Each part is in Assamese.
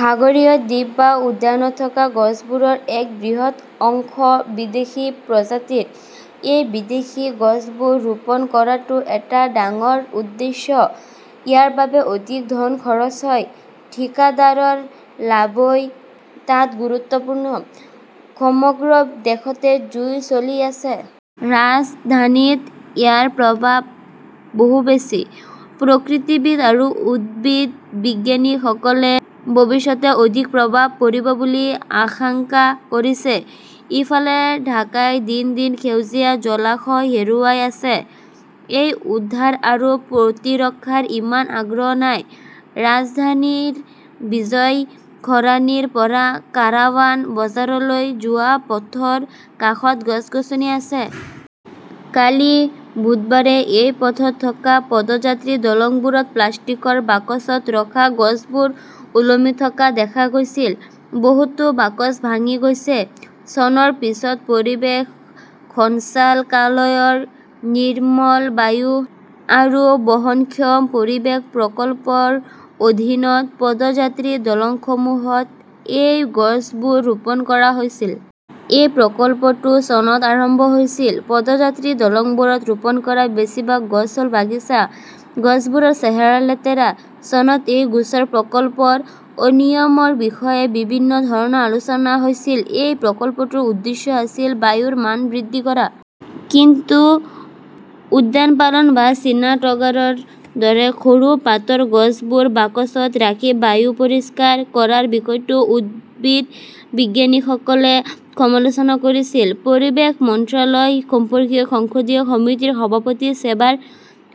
সাগৰীয় দ্বীপ বা উদ্যানত থকা গছবোৰৰ এক বৃহৎ অংশ বিদেশী প্ৰজাতিৰ। এই বিদেশী গছবোৰ ৰোপণ কৰাটো এটা ডাঙৰ উদ্দেশ্য, ইয়াৰ বাবে অধিক ধন খৰচ হয়। ঠিকাদাৰৰ লাভই তাত গুৰুত্বপূৰ্ণ। সমগ্ৰ দেশতে জুই চলি আছে। ৰাজধানীত ইয়াৰ প্ৰভাৱ বহু বেছি। প্ৰকৃতিবিদ আৰু উদ্ভিদবিজ্ঞানীসকলে ভৱিষ্যতে অধিক প্ৰভাৱ পৰিব বুলি আশংকা কৰিছে। ইফালে, ঢাকাই দিন-দিন সেউজীয়া, জলাশয় হেৰুৱাই আছে। এই উদ্ধাৰ আৰু প্ৰতিৰক্ষাত ইমান আগ্ৰহ নাই। ৰাজধানীৰ বিজয় সৰাণীৰ পৰা কাৰাৱান বজাৰলৈ যোৱা পথৰ কাষত গছ-গছনি আছে। কালি বুধবাৰে এই পথত থকা পদযাত্ৰী-দলংবোৰত প্লাষ্টিকৰ বাকচত ৰখা গছবোৰ ওলমি থকা দেখা গৈছিল। বহুতো বাকচ ভাঙি গৈছে। চনৰ পিছত পৰিৱেশ সঞ্চালকালয়ৰ 'নিৰ্মল বায়ু আৰু বহনক্ষম পৰিৱেশ প্ৰকল্প " ৰ অধীনত পদযাত্ৰী-দলংসমূহত এই গছবোৰ ৰোপণ কৰা হৈছিল। এই প্ৰকল্পটো চনত আৰম্ভ হৈছিল। পদযাত্ৰী-দলংবোৰত ৰোপণ কৰা বেছিভাগ গছ হ 'ল বাগিচা। গছবোৰৰ চেহেৰা লেতেৰা। চনত এই গোচৰ প্ৰকল্পৰ অনিয়মৰ বিষয়ে বিভিন্ন ধৰণৰ আলোচনা হৈছিল। এই প্ৰকল্পটোৰ উদ্দেশ্য আছিল বায়ুৰ মান বৃদ্ধি কৰা। কিন্তু উদ্যানপালন বা চীনা টগাৰৰ দৰে সৰু পাতৰ গছবোৰ বাকচত ৰাখি বায়ু পৰিষ্কাৰ কৰাৰ বিষয়টো উদ্ভিদবিজ্ঞানীসকলে সমালোচনা কৰিছিল। পৰিৱেশ মন্ত্ৰালয় সম্পৰ্কীয় সংসদীয় সমিতিৰ সভাপতি চেবাৰ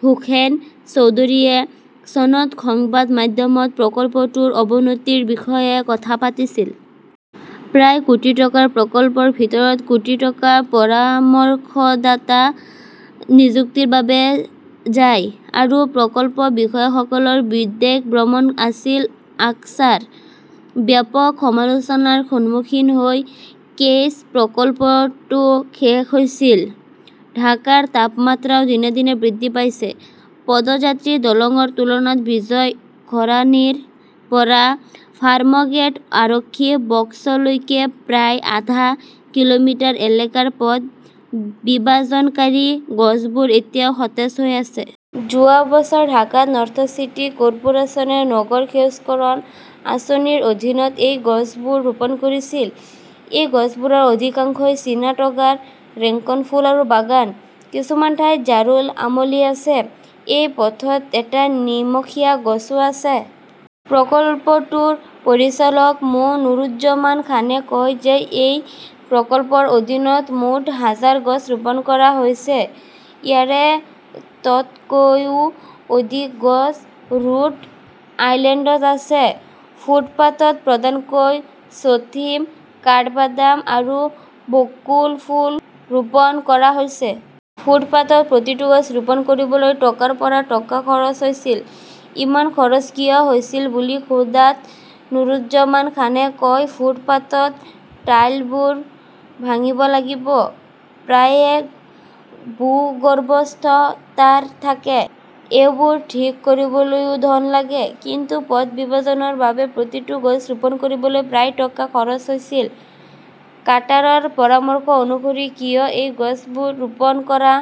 হোসেন চৌধুৰীয়ে চনত সংবাদ মাধ্যমত প্ৰকল্পটোৰ অৱনতিৰ বিষয়ে কথা পাতিছিল। প্ৰায় কোটি টকাৰ প্ৰকল্পৰ ভিতৰত কোটি টকা পৰামৰ্শদাতা নিযুক্তিৰ বাবে যায়। আৰু প্ৰকল্প বিষয়াসকলৰ বিদেশ ভ্ৰমণ আছিল আকছাৰ। ব্যাপক সমালোচনাৰ সন্মুখীন হৈ কেইছ প্ৰকল্পটো শেষ হৈছিল। ঢাকাৰ তাপমাত্ৰাও দিনে দিনে বৃদ্ধি পাইছে। পদযাত্ৰী-দলংৰ তুলনাত বিজয় সৰাণীৰ পৰা ফাৰ্মগেট আৰক্ষী বক্সলৈকে প্ৰায় আধা কিলোমিটাৰ এলেকাৰ পথ বিভাজনকাৰী গছবোৰ এতিয়াও সতেজ হৈ আছে। যোৱা বছৰ ঢাকা নৰ্থ চিটি কৰ্পোৰেচনে 'নগৰ সেউজকৰণ "আঁচনিৰ অধীনত এই গছবোৰ ৰোপণ কৰিছিল। এই গছবোৰৰ অধিকাংশই চীনা টগাৰ, ৰেংকন ফুল আৰু বাগান। কিছুমান ঠাইত জাৰুল, আমলী আছে। এই পথত এটা নিমখীয়া গছও আছে। প্ৰকল্পটোৰ পৰিচালক মো. নুৰুজ্জমান খানে কয় যে এই প্ৰকল্পৰ অধীনত মুঠ হাজাৰ গছ ৰোপণ কৰা হৈছে। ইয়াৰে তকৈও অধিক গছ ৰোড আইলেণ্ডত আছে। ফুটপাতত প্ৰধানকৈ চথিম, কাঠবাদাম আৰু বকুল ফুল ৰোপণ কৰা হৈছে। ফুটপাতত প্ৰতিটো গছ ৰোপণ কৰিবলৈ টকাৰ পৰা টকা খৰচ হৈছিল। ইমান খৰচ কিয় হৈছিল বুলি সোধাত নুৰুজ্জমান খানে কয়, "ফুটপাতত টাইলবোৰ ভাঙিব লাগিব। প্ৰায়ে ভূগৰ্ভস্থ তাঁৰ থাকে। এইবোৰ ঠিক কৰিবলৈও ধন লাগে। "কিন্তু পথ বিভাজনৰ বাবে প্ৰতিটো গছ ৰোপণ কৰিবলৈ প্ৰায় টকা খৰচ হৈছিল। কাটাৰৰ পৰামৰ্শ অনুসৰি কিয় এই গছবোৰ ৰোপণ কৰা